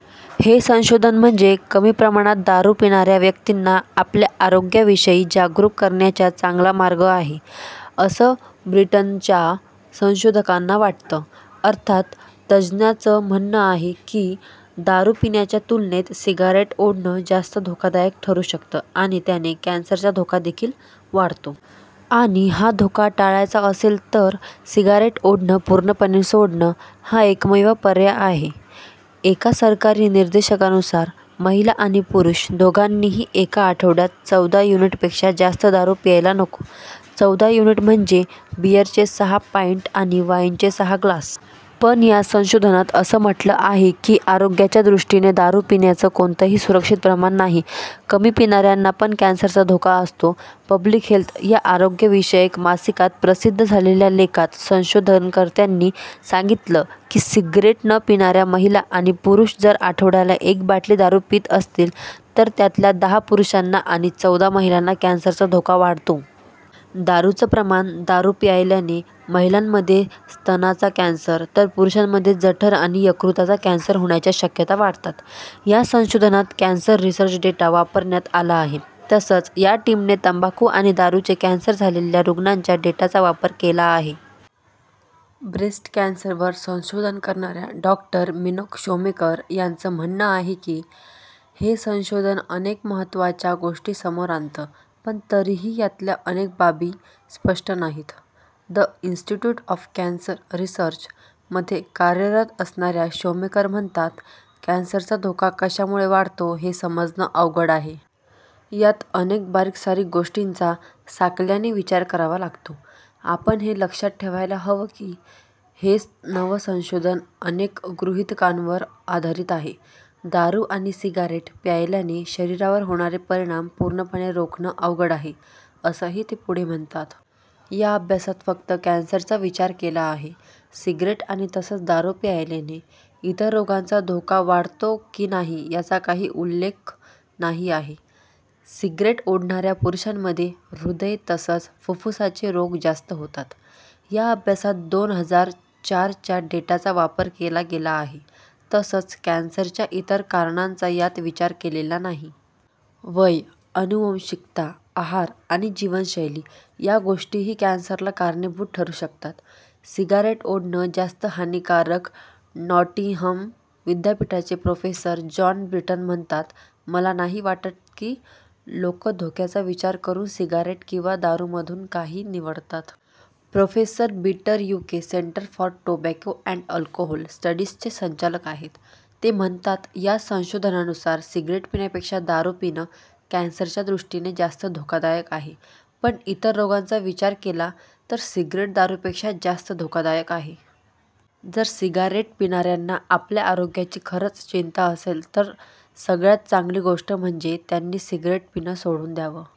हे संशोधन म्हणजे कमी प्रमाणात दारू पिणाऱ्या व्यक्तींना आपल्या आरोग्याविषयी जागरूक करण्याचा चांगला मार्ग आहे, असं ब्रिटनच्या संशोधकांना वाटतं. अर्थात तज्ज्ञांचं म्हणणं आहे की दारू पिण्याच्या तुलनेत सिगारेट ओढणं जास्त धोकादायक ठरू शकतं आणि त्याने कॅन्सरचा धोकादेखील वाढतो. आणि हा धोका टाळायचा असेल तर सिगारेट ओढणं पूर्णपणे सोडणं, हा एकमेव पर्याय आहे. एका सरकारी निर्देशकानुसार महिला आणि पुरुष दोघांनीही एका आठवड्यात चौदा युनिटपेक्षा जास्त दारू प्यायला नको. चौदा युनिट म्हणजे बीअरचे सहा पाईन्ट आणि वाईनचे सहा ग्लास. पण या संशोधनात असं म्हटलं आहे की आरोग्याच्या दृष्टीने दारू पिण्याचं कोणतंही सुरक्षित प्रमाण नाही. कमी पिणाऱ्यांना पण कॅन्सरचा धोका असतो. ' पब्लिक हेल्थ' या आरोग्यविषयक मासिकात प्रसिद्ध झालेल्या लेखात संशोधनकर्त्यांनी सांगितलं की सिगारेट न पिणाऱ्या महिला आणि पुरुष जर आठवड्याला एक बाटली दारू पीत असतील तर त्यातल्या दहा पुरुषांना आणि चौदा महिलांना कॅन्सरचा धोका वाढतो. दारूचं प्रमाण दारू प्यायल्याने महिलांमध्ये स्तनाचा कॅन्सर तर पुरुषांमध्ये जठर आणि यकृताचा कॅन्सर होण्याच्या शक्यता वाढतात. या संशोधनात कॅन्सर रिसर्च डेटा वापरण्यात आला आहे. तसंच या टीमने तंबाखू आणि दारूने कॅन्सर झालेल्या रुग्णांच्या डेटाचा वापर केला आहे. ब्रेस्ट कॅन्सरवर संशोधन करणाऱ्या डॉ. मिनोक शोमेकर यांचं म्हणणं आहे की हे संशोधन अनेक महत्त्वाच्या गोष्टी समोर आणतं. पण तरीही यातल्या अनेक बाबी स्पष्ट नाहीत. 'द इंस्टिस्ट्यूट ऑफ कॅन्सर रिसर्च'मध्ये कार्यरत असणाऱ्या शोमेकर म्हणतात कॅन्सरचा धोका कशामुळे वाढतो हे समजणं अवघड आहे. यात अनेक बारीकसारीक गोष्टींचा साकल्याने विचार करावा लागतो. आपण हे लक्षात ठेवायला हवं की हे नवं संशोधन अनेक गृहितकांवर आधारित आहे. दारू आणि सिगारेट प्यायल्याने शरीरावर होणारे परिणाम पूर्णपणे रोखणं अवघड आहे, असंही ते पुढे म्हणतात. या अभ्यासात फक्त कॅन्सरचा विचार केला आहे. सिगरेट तसंच दारू प्यायल्याने इतर रोगांचा धोका वाढतो की नाही याचा काही उल्लेख नाही आहे. सिगरेट ओढणाऱ्या पुरुषांमध्ये हृदय तसंच फुफ्फुसाचे रोग जास्त होतात. या अभ्यासात दोन हजार चार च्या डेटाचा वापर केला गेला आहे तसंच कॅन्सरच्या इतर कारणांचा यात विचार केलेला नाही. वय, आनुवांशिकता, आहार आणि जीवनशैली या गोष्टीही कॅन्सरला कारणीभूत ठरू शकतात. सिगारेट ओढणं जास्त हानिकारक नॉटिंहम विद्यापीठाचे प्रोफेसर जॉन ब्रिटन म्हणतात मला नाही वाटत की लोक धोक्याचा विचार करून सिगारेट किंवा दारूमधून काही निवडतात. Professor Britton UK centre for tobacco and alcohol स्टडीजचे संचालक आहेत. ते म्हणतात या संशोधनानुसार सिगरेट पिण्यापेक्षा दारू पिणं कॅन्सरच्या दृष्टीने जास्त धोकादायक आहे, पण इतर रोगांचा विचार केला तर सिगरेट दारूपेक्षा जास्त धोकादायक आहे. जर सिगारेट पिणाऱ्यांना आपल्या आरोग्याची खरंच चिंता असेल तर सगळ्यात चांगली गोष्ट म्हणजे त्यांनी सिगरेट पिणं सोडून द्यावं.